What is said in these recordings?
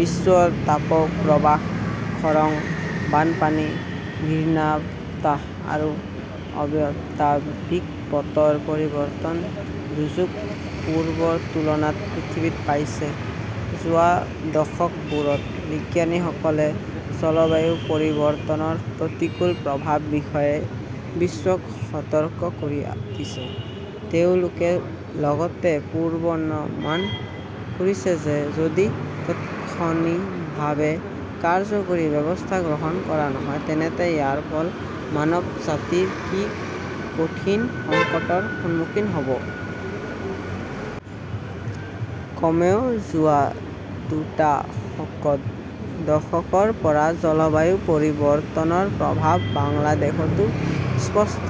বিশ্বৰ তাপপ্ৰবাহ, খৰাং, বানপানী, ঘূৰ্ণীবতাহ আৰু অস্বাভাৱিক বতৰ পৰিৱৰ্তনৰ দুৰ্যোগ পূৰ্বৰ তুলনাত বৃদ্ধি পাইছে। যোৱা দশকবোৰত বিজ্ঞানীসকলে জলবায়ু পৰিৱৰ্তনৰ প্ৰতিকূল প্ৰভাৱৰ বিষয়ে বিশ্বক সতৰ্ক কৰি দিছে। তেওঁলোকে লগতে পূৰ্বানুমান কৰিছে যে যদি তাৎক্ষণিকভাৱে কাৰ্যকৰী ব্যৱস্থা গ্ৰহণ কৰা নহয় তেন্তে ইয়াৰ ফলত মানৱজাতিয়ে কি কঠিন সংকটৰ সন্মুখীন হ 'ব। কমেও যোৱা দুটা দশকৰ পৰা জলবায়ু পৰিৱৰ্তনৰ প্ৰভাৱ বাংলাদেশতো স্পষ্ট।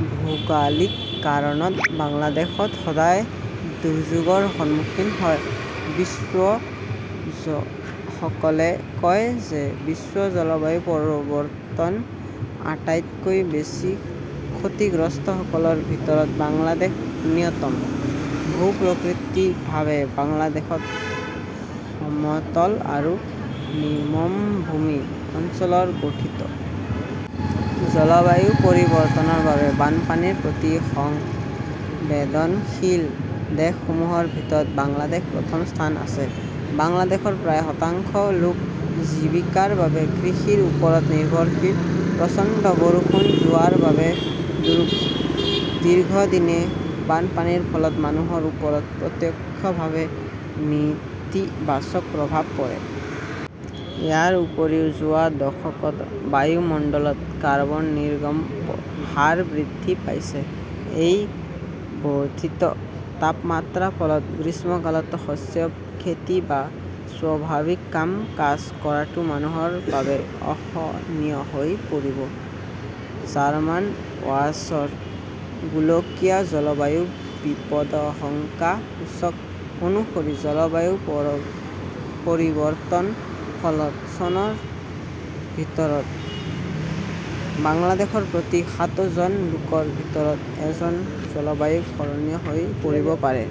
ভৌগোলিক কাৰণত বাংলাদেশ সদায় দুৰ্যোগৰ সন্মুখীন হয়। বিশেষজ্ঞসকলে কয় যে বিশ্ব জলবায়ু পৰিৱৰ্তনৰ আটাইতকৈ বেছি ক্ষতিগ্ৰস্তসকলৰ ভিতৰত বাংলাদেশ অন্যতম। ভূ-প্ৰকৃতিগতভাৱে বাংলাদেশ সমতল আৰু নিম্নভূমি অঞ্চলৰে গঠিত। জলবায়ু পৰিৱৰ্তনৰ বাবে বানপানীৰ প্ৰতি সংবেদনশীল দেশসমূহৰ ভিতৰত বাংলাদেশ প্ৰথম স্থানত আছে। বাংলাদেশৰ প্ৰায় শতাংশ লোক জীৱিকাৰ বাবে কৃষিৰ ওপৰত নিৰ্ভৰশীল। প্ৰচণ্ড বৰষুণ, জোৱাৰ বা দীৰ্ঘদিনীয়া বানপানীৰ ফলত মানুহৰ ওপৰত প্ৰত্যক্ষভাৱে নেতিবাচক প্ৰভাৱ পৰে। ইয়াৰ উপৰিও যোৱা দশকত বায়ুমণ্ডলত কাৰ্বন নিৰ্গমনৰ হাৰ বৃদ্ধি পাইছে। এই বৰ্ধিত তাপমাত্ৰাৰ ফলত গ্ৰীষ্মকালত শস্য খেতি বা স্বাভাৱিক কাম-কাজ কৰাটো মানুহৰ বাবে অসহনীয় হৈ পৰিব। জাৰ্মান ৱাচ -ৰ গোলকীয় জলবায়ু বিপদাশংকা সূচক অনুসৰি, জলবায়ু পৰিৱৰ্তনৰ ফলত চনৰ ভিতৰত বাংলাদেশৰ প্ৰতি সাতজন লোকৰ ভিতৰত এজন 'জলবায়ু শৰণাৰ্থী হৈ পৰিব পাৰে।